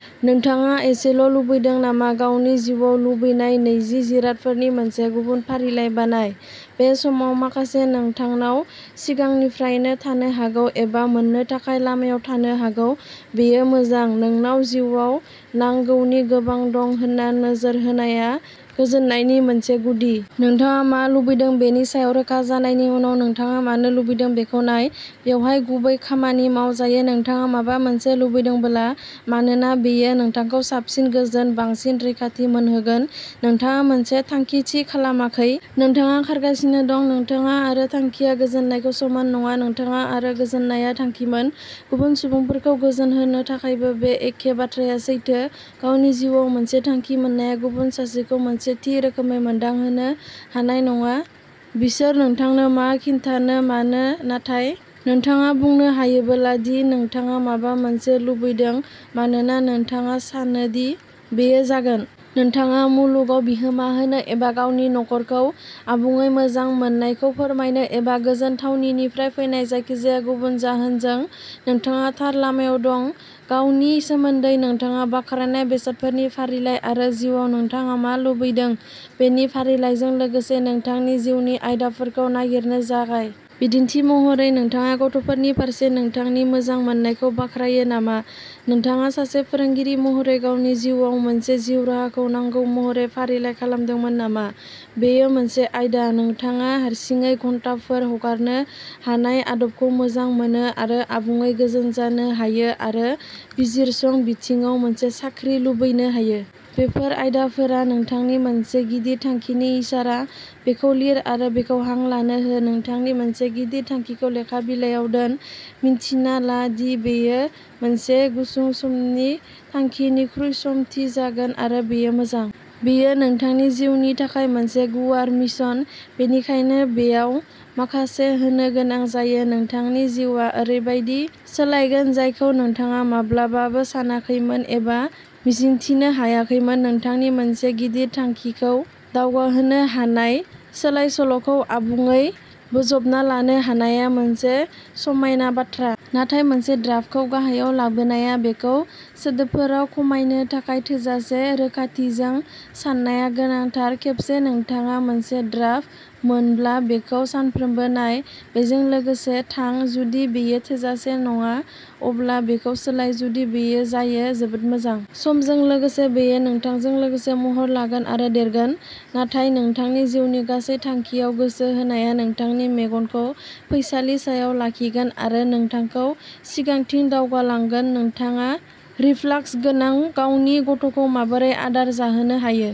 नोंथाङा एसेल' लुबैदों नामा? गावनि जिउआव लुबैनाय नैजि जिरादफोरनि मोनसे गुबुन फारिलाइ बानाय, बे समाव। माखासे नोंथांनाव सिगांनिफ्रायनो थानो हागौ, एबा मोन्नो थाखाय लामायाव थानो हागौ। बेयो मोजां। नोंनाव जिउआव नांगौनि गोबां दं होन्ना नोजोर होनाया गोजोननायनि मोनसे गुदि। नोंथाङा मा लुबैदों बेनि सायाव रोखा जानायनि उनाव, नोंथाङा मानो लुबैदों बेखौ नाय। बेवहाय गुबै खामानि मावजायो। नोंथाङा माबा मोनसे लुबैदोंब्ला मानोना बेयो नोंथांखौ साबसिन, गोजोन, बांसिन रैखाथि मोनहोगोन। नोंथाङा मोनसे थांखि थि खालामाखै। नोंथाङा खारगासिनो दं। नोंथाङा आरो थांखिया गोजोननायखौ समान नङा। नोंथाङा आरो गोजोननाया थांखिमोन। गुबुन सुबुंफोरखौ गोजोनहोनो थाखायबो बे एखे बाथ्राया सैथो। गावनि जिउआव मोनसे थांखि मोननाया गुबुन सासेखौ मोनसे थि रोखोमै मोनदांहोनो हानाय नङा बिसोर नोंथांनो मा खोन्थानो मानो नाथाय, नोंथाङा बुंनो हायोब्ला दि नोंथाङा माबा मोनसे लुबैदों मानोना नोंथाङा सानो दि बेयो जागोन। नोंथाङा मुलुगआव बिहोमा होनो एबा गावनि नखरखौ आबुङै मोजां मोननायखौ फोरमायनो एबा गोजोन थावनिनिफ्राय फैनाय जायखिजाया गुबुन जाहोनजों, नोंथाङा थार लामायाव दं। गावनि सोमोन्दै नोंथाङा बाख्नायनाय बेसादफोरनि फारिलाइ आरो जिउआव नोंथाङा मा लुबैदों बेनि फारिलाइजों लोगोसे, नोंथांनि जिउनि आयदाफोरखौ नागिरनो जागाय। बिदिन्थि महरै, नोंथाङा गथ'फोरनि फारसे नोंथांनि मोजां मोननायखौ बाख्नायो नामा नोंथाङा सासे फोरोंगिरि महरै गावनि जिउआव मोनसे जिउ राहाखौ नांगौ महरै फारिलाइ खालामदोंमोन नामा, बेयो मोनसे आयदा। नोंथाङा हारसिङै घन्टाफोर हगारनो हानाय आदबखौ मोजां मोनो आरो आबुङै गोजोन जानो हायो आरो बिजिरसं बिथिङाव मोनसे साख्रि लुबैनो हायो। बेफोर आयदाफोरा नोंथांनि मोनसे गिदिर थांखिनि इसारा। बेखौ लिर आरो बेखौ हां लानो हो। नोंथांनि मोनसे गिदिर थांखिखौ लेखा बिलायाव दोन। मिन्थिना ला दि बेयो मोनसे गुसुं समनि थांखिनिख्रुइ खम थि जागोन आरो बेयो मोजां। बेयो। नोंथांनि जिउनि थाखाय मोनसे गुवार मिशन, बेनिखायनो बेयाव माखासे होनो गोनां जायो। नोंथांनि जिउआ ओरैबायदि सोलायगोन जायखौ नोंथाङा माब्लाबाबो सानाखैमोन एबा मिजिंथिनो हायाखैमोन। नोंथांनि मोनसे गिदिर थांखिखौ दावगाहोनो हानाय सोलाय-सोल'खौ आबुङै बोजबना लानो हानायआ मोनसे समायना बाथ्रा। नाथाय मोनसे ड्राफ्टखौ गाहायाव लाबोनाया, बेखौ सोदोबफोराव खमायनो थाखाय थोजासे रोखाथिजों साननाया गोनांथार। खेबसे नोंथाङा मोनसे ड्राफ्ट मोनब्ला, बेखौ सानफ्रोमबो नाय। बेजों लोगोसे थां। जुदि बेयो थोजासे नङा, अब्ला बेखौ सोलाय। जुदि बेयो जायो, जोबोद मोजां। समजों लोगोसे बेयो नोंथांजों लोगोसे महर लागोन आरो देरगोन, नाथाय नोंथांनि जिउनि गासै थांखिआव गोसो होनाया नोंथांनि मेगनखौ फैसालि सायाव लाखिगोन आरो नोंथांखौ सिगांथिं दावगालांगोन। नोंथाङा रिफ्लाक्स गोनां गावनि गथ'खौ माबोरै आदार जाहोनो हायो।